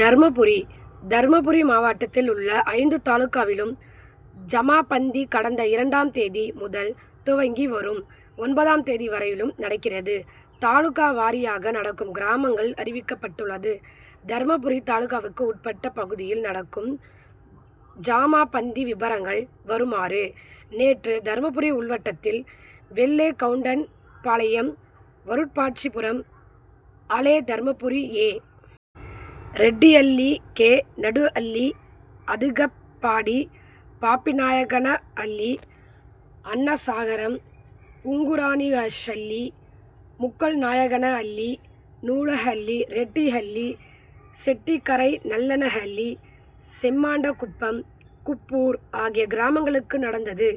தர்மபுரி தர்மபுரி மாவட்டத்தில் உள்ள ஐந்து தாலுகாவிலும் ஜமாபந்தி கடந்த இரண்டாம் தேதி முதல் துவங்கி வரும் ஒன்பதாம் தேதி வரையில் நடக்கிறது. தாலுகா வாரியாக நடக்கும் கிராமங்கள் அறிவிக்கப்பட்டுள்ளது. தர்மபுரி தாலுகாவுக்கு உட்பட்ட பகுதியில் நடக்கும் ஜமாபந்தி விபரங்கள் வருமாறு நேற்று தர்மபுரி உள்வட்டத்தில் வெள்ளேகவுண்டன்பாளையம், வருப்பாட்சிபுரம், அளே தர்மபுரி, ஏ. ரெட்டிஅள்ளி, கே. நடுஅள்ளி, அதகப்பாடி, பாப்பிநாயக்கனஅள்ளி, அன்னசாகரம், உங்குரானஷள்ளி, முக்கல்நாயக்கனஅள்ளி, நூலஹள்ளி, ரெட்டிஹள்ளி, செட்டிக்கரை நல்லனஹள்ளி, செம்மாண்டகுப்பம், குப்பூர் ஆகிய கிராமங்களுக்கு நடந்தது.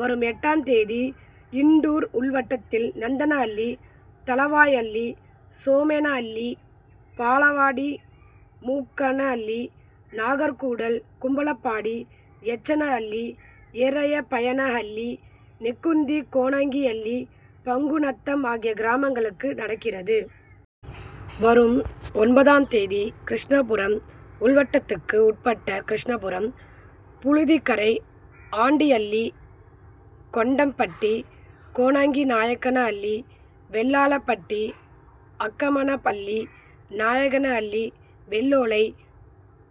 வரும் எட்டாம் தேதி இண்டூர் உள்வட்டத்தில் நத்தனஅள்ளி, தளவாய் அள்ளி, சோமேனஅள்ளி, பாலவாடி, மூக்கனஅள்ளி, நாகர்கூடல், கும்பளப்பாடி, எச்சனஅள்ளி, எர்ரபையனஅள்ளி, நெக்குந்தி, கோணங்கிஅள்ளி, பங்குநத்தம் ஆகிய கிராமங்களுக்கு நடக்கிறது. வரும் ஒன்பதாம் தேதி கிருஷ்ணாபுரம் உள்வட்டத்துக்கு உட்பட்ட கிருஷ்ணாபுரம், புளுதிக்கரை, ஆண்டிஅள்ளி, கொண்டம்பட்டி, கோணங்கிநாயக்கனஅள்ளி, வெள்ளாளப்பட்டி, அக்கமன அள்ளி, நாயக்கனஅள்ளி, வெள்ளோலை,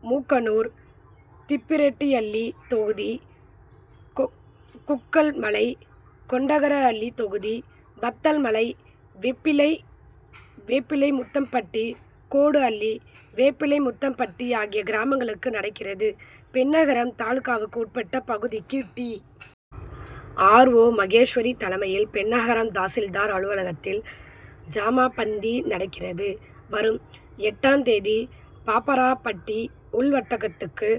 மூக்கனூர், திப்பிரெட்டிஅள்ளி தொகுதி, குக்கல் மலை, கொண்டகரஅள்ளி தொகுதி, வத்தல்மலை, வேப்பிலைமுத்தம்பட்டி, கோடுஅள்ளி, வேப்பிலைமுத்தம்பட்டி ஆகிய கிராமங்களுக்கு நடக்கிறது. பென்னாகரம் தாலுகாவுக்கு உட்பட்ட பகுதிக்கு டி. ஆர். ஓ., மகேஸ்வரி தலைமையில் பென்னாகரம் தாசில்தார் அலுவலகத்தில் ஜமாபந்தி நடக்கிறது. வரும் எட்டாம் தேதி பாப்பாரப்பட்டி உள் வட்டத்துக்கு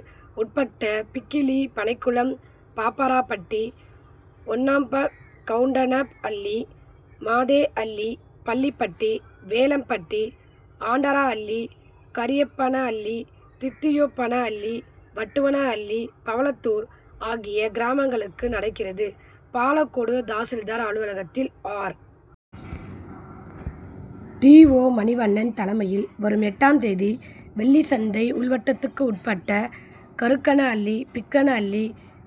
உட்பட்ட பிக்கிலி, பனைகுளம், பாப்பாரப்பட்டி, ஒன்னப்பகவுண்டனஅள்ளி, மதேஅள்ளி, பள்ளிப்பட்டி, வேலம்பட்டி, ஆண்டாரஅள்ளி, கரியப்பனஅள்ளி, தித்தியோப்பனஅள்ளி, வட்டுவனஅள்ளி, பவளத்தூர் ஆகிய கிராமங்களுக்கு நடக்கிறது. பாலக்கோடு தாசில்தார் அலுவலகத்தில் ஆர். டி. ஓ., மணிவண்ணன் தலைமையில் வரும் எட்டாம் தேதி வெள்ளிசந்தை உள்வட்டத்துக்கு உட்பட்ட கருக்கனஅள்ளி, பிக்கனஅள்ளி,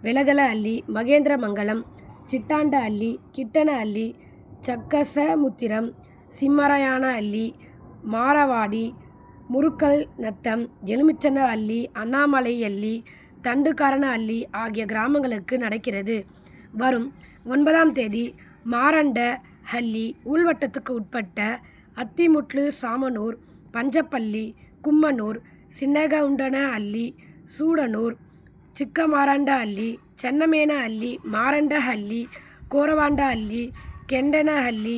வெலகலஅள்ளி, மகேந்திரமங்கலம், ஜிட்டாண்டஅள்ளி, கிட்டனஅள்ளி, ஜக்கசமுத்திரம், திம்மராயனஅள்ளி, மாரவாடி, முருக்கல்நத்தம், எலுமிச்சனஅள்ளி, அண்ணாமலை அள்ளி, தண்டுகாரனஅள்ளி, ஆகிய கிராமங்களுக்கு நடக்கிறது. வரும் ஒன்பதாம் தேதி மாரண்டஹள்ளி உள் வட்டத்துக்கு உட்பட்ட அத்திமுட்லு, சாமனூர், பஞ்சப்பள்ளி, கும்மனூர், சின்னேகவுண்டனஅள்ளி, சூடனூர், சிக்கமாரண்டஅள்ளி, சென்னமேனஅள்ளி, மாரண்டஹள்ளி, கொரவாண்டஅள்ளி, கெண்டேனஅள்ளி,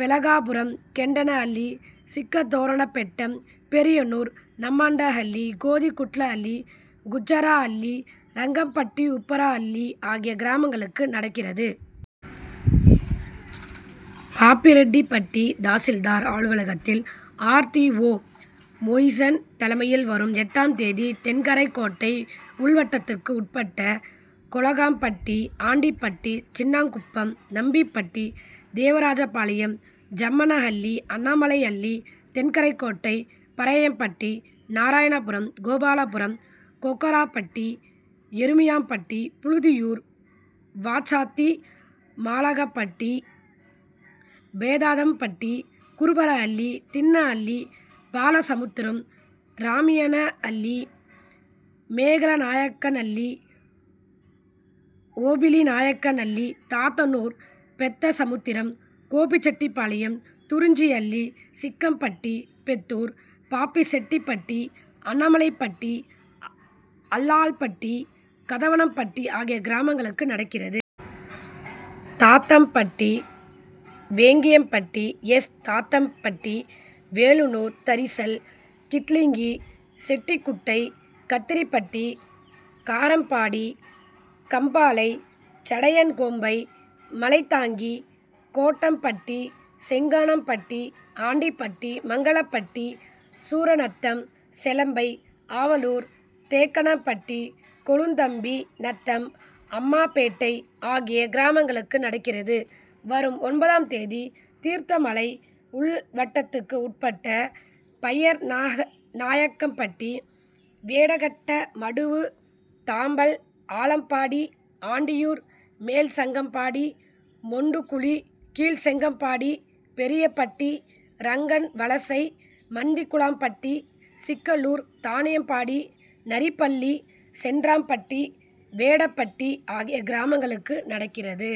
பெலகாபுரம், கெண்டேனஅள்ளி, சிக்கதோரணப்பெட்டாம், பெரியானூர், நம்மாண்டஹள்ளி, கோதிகுட்லஅள்ளி, குஜ்ஜாரஅள்ளி, ரங்கம்பட்டி உப்பாரஅள்ளி ஆகிய கிராமங்களுக்கு நடக்கிறது. பாப்பிரெட்டிப்பட்டி தாசில்தார் அலுவலகத்தில் ஆர். டி. ஓ., மோயிசன் தலைமையில் வரும் எட்டாம் தேதி தென்கரைக்கோட்டை உள்வட்டத்துக்கு உட்பட்ட கொளகம்பட்டி, ஆண்டிப்பட்டி, சின்னாங்குப்பம், நம்பிப்பட்டி, தேவராஜபாளையம், ஜம்மனஅள்ளி, அண்ணாமலைஅள்ளி, தென்கரைக்கோட்டை, பறையப்பட்டி, நாரணாபுரம், கோபாலபுரம், கொக்காரப்பட்டி, எருமியாம்பட்டி, புழுதியூர், வாச்சாத்தி, மாலகப்பாடி, பேதாதம்பட்டி, குருபரஅள்ளி, தின்ன அள்ளி, பாலசமுத்திரம், ராமியனஅள்ளி, மேகலநாயக்கன்அள்ளி, ஓபிளிநாயக்கன அள்ளி, தாதனூர், பெத்தசமுத்திரம், கோபிசெட்டிப்பாளையம், துரிஞ்சிஅள்ளி, சிக்கம்பட்டி, பெத்தூர், பாப்பிசெட்டிப்பட்டி, அண்ணாமலைப்பட்டி, அல்லாலப்பட்டி, கதவனம்பட்டி ஆகிய கிராமங்களுக்கு நடக்கிறது. தாதம்பட்டி, வேங்கியாம்பட்டி, எஸ். தாதம்பட்டி, வேலனூர், தரிசல், கிட்லிங்கி, செட்டிக்குட்டை, கத்திரிப்பட்டி, காரப்பாடி, கம்பாலை, ஜடையன்கோம்பை, மலைதாங்கி, கோட்டப்பட்டி, செங்காணடிப்பட்டி, ஆண்டிப்பட்டி, மங்கலப்பட்டி, சூரநத்தம், செலம்பை, ஆவலூர், தேக்கனாம்பட்டி, கொளுந்தம்பி நத்தம், அம்மாபேட்டை ஆகிய கிராமங்களுக்கு நடக்கிறது. வரும் ஒன்பதாம் தேதி தீர்த்தமலை உள் வட்டத்துக்கு உட்பட்ட பையர்நாயக்கம்பட்டி, வேடகட்ட மடுவு, தாம்பல், ஆலப்பாடி, ஆண்டியூர், மேல்செங்கம்பாடி, மொண்டுகுழி, கீழ்செங்கம்பாடி, பெரியப்பட்டி, ரங்கன் வலசை, மந்திகுளாம்பட்டி, சிக்கலூர், தானிப்பாடி, நரிப்பள்ளி, சென்றாம்பட்டி, வேடப்பட்டி ஆகிய கிராமங்களுக்கு நடக்கிறது.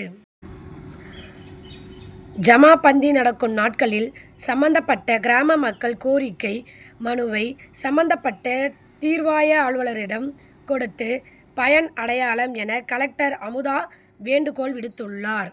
ஜமாபந்தி நடக்கும் நாட்களில் சம்பந்தப்பட்ட கிராம மக்கள் கோரிக்கை மனுவை சம்பந்தப்பட்ட தீர்வாய அலுவலரிடம் கொடுத்து பயன் அடையலாம் என கலெக்டர் அமுதா வேண்டுகோள் விடுத்துள்ளார்.